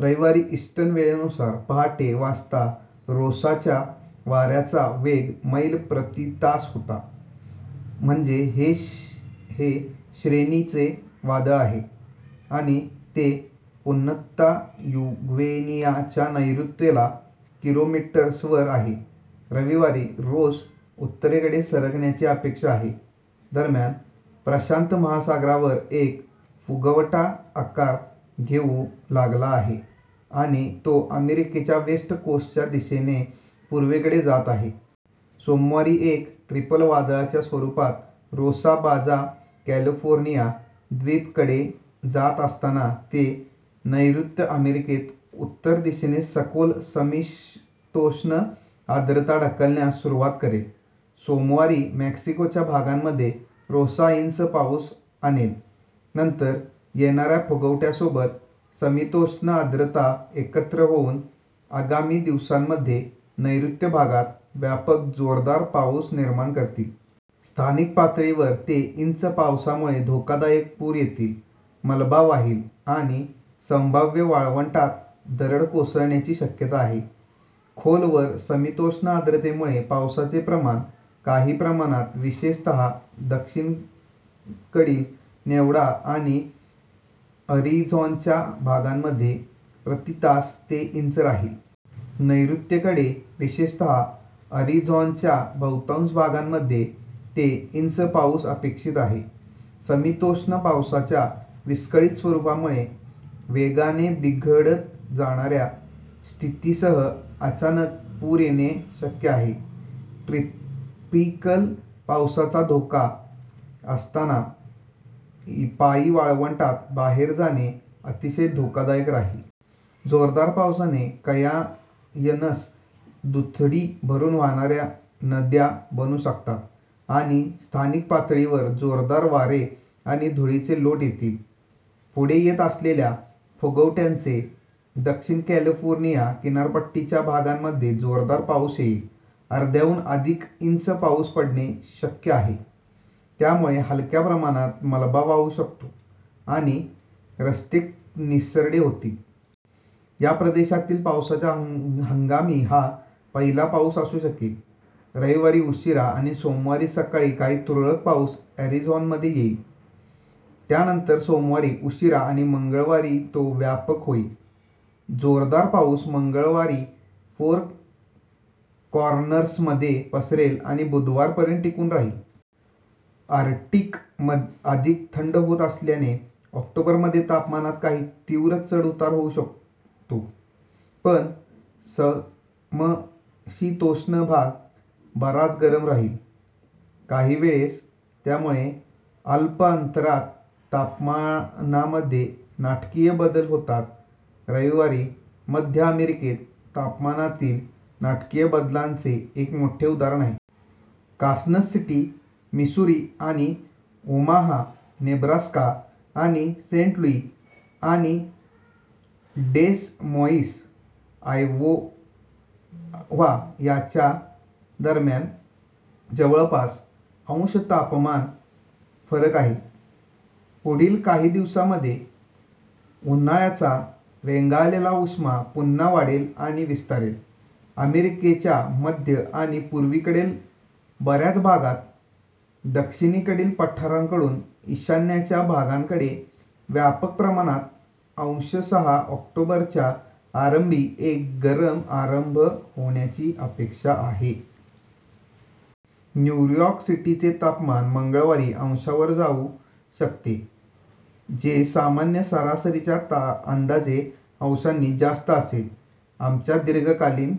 रविवारी ईस्टर्न वेळेनुसार पहाटे वाजता रोसाच्या वाऱ्यांचा वेग मैल प्रति तास होता, म्हणजे हे श्रेणी चे वादळ आहे आणि ते पुन्ता युग्वेनियाच्या नैऋत्येला किलोमीटर्सवर आहे. रविवारी रोस उत्तरकडे सरकण्याची अपेक्षा आहे. दरम्यान, प्रशांत महासागरावर एक फुगवटा आकार घेऊ लागला आहे आणि तो अमेरिकेच्या वेस्ट कोस्टच्या दिशेने पूर्वेकडे जात आहे. सोमवारी एक ट्रॉपिकल वादळाच्या स्वरुपात रोसा बाजा कॅलिफोर्निया द्वीपकल्पाकडे जात असताना ते नैऋत्य अमेरिकेत उत्तर दिशेने खोलवर समशीतोष्ण आर्द्रता ढकलण्यास सुरुवात करेल. सोमवारी मेक्सिकोच्या भागांमध्ये रोसा इंच पाऊस आणेल. नंतर, येणाऱ्या फुगवट्यासोबत समशीतोष्ण आर्द्रता एकत्र होऊन आगामी दिवसांमध्ये नैऋत्य भागात व्यापक जोरदार पाऊस निर्माण करतील. स्थानिक पातळीवर ते इंच पावसामुळे धोकादायक पूर येतील, मलबा वाहील आणि संभाव्यतः वाळवंटात दरडी कोसळण्याची शक्यता आहे. खोलवर समशीतोष्ण आर्द्रतेमुळे पावसाचे प्रमाण काही ठिकाणी, विशेषतः दक्षिणेकडील नेवाडा आणि अरिझोनाच्या भागांमध्ये प्रति तास ते इंच राहील. नैऋत्येकडे विशेषतः, अरिझोनाच्या बहुतांश भागामध्ये ते इंच पाऊस अपेक्षित आहे. समशीतोष्ण पावसाच्या विस्कळीत स्वरुपामुळे वेगाने बिघडत जाणाऱ्या स्थितींसह अचानक पूर येणे शक्य आहे. ट्रॉपिकल पावसाचा धोका असताना पायी वाळवंटात बाहेर जाणे अतिशय धोकादायक राहील. जोरदार पावसाने कनायन्स दुथडी भरुन वाहणाऱ्या नद्या बनू शकतात आणि स्थानिक पातळीवर जोरदार वारे आणि धुळीचे लोट येतील. पुढे येत असलेल्या फुगवट्याने दक्षिण कॅलिफोर्निया किनारपट्टीच्या भागांमध्ये जोरदार पाऊस येईल. अर्ध्याहून अधिक इंच पाऊस पडणे शक्य आहे, त्यामुळे हलक्या प्रमाणात मलबा वाहू शकतो आणि रस्ते निसरडे होतील. या प्रदेशातील पावसाच्या हंगामातील हा पहिला पाऊस असू शकेल. रविवारी उशिरा आणि सोमवारी सकाळी काही तुरळक पाऊस अरिझोनामध्ये येईल, त्यानंतर सोमवारी उशिरा आणि मंगळवारी तो व्यापक होईल. जोरदार पाऊस मंगळवारी फोर कॉर्नर्समध्ये पसरेल आणि बुधवारपर्यंत टिकून राहील. आर्क्टिक अधिक थंड होत असल्याने ऑक्टोबरमध्ये तापमानात काही तीव्र चढउतार होऊ शतो, पण समशीतोष्ण भाग बराच गरम राहील. काहीवेळेस यामुळे अल्प अंतरात तापमानामध्ये नाटकीय बदल होतात. रविवारी मध्य अमेरिकेत तापमानातील नाटकीय बदलाचे एक मोठे उदाहरण आहे. कान्सास सिटी, मिसुरी, आणि ओमाहा, नेब्रास्का, आणि सेंट लुई आणि डेस मोईन्स, आयोवा यांच्या दरम्यान जवळपास अंश तापमान फरक आहे. पुढील काही दिवसांमध्ये, उन्हाळ्याचा रेंगाळलेला उष्मा पुन्हा वाढेल आणि विस्तारेल. अमेरिकेच्या मध्य आणि पूर्वेकडील बऱ्याच भागात दक्षिणेकडील पठारांकडून ईशान्येच्या भागांकडे व्यापक प्रमाणात अंशांसह ऑक्टोबरच्या आरंभी एक गरम आरंभ होण्याची अपेक्षा आहे. न्यू यॉर्क सिटीचे तापमान मंगळवारी अंशांवर जाऊ शकते, जे सामान्य सरासरीच्या अंदाजे अंशांनी जास्त असेल. आमच्या दीर्घकालीन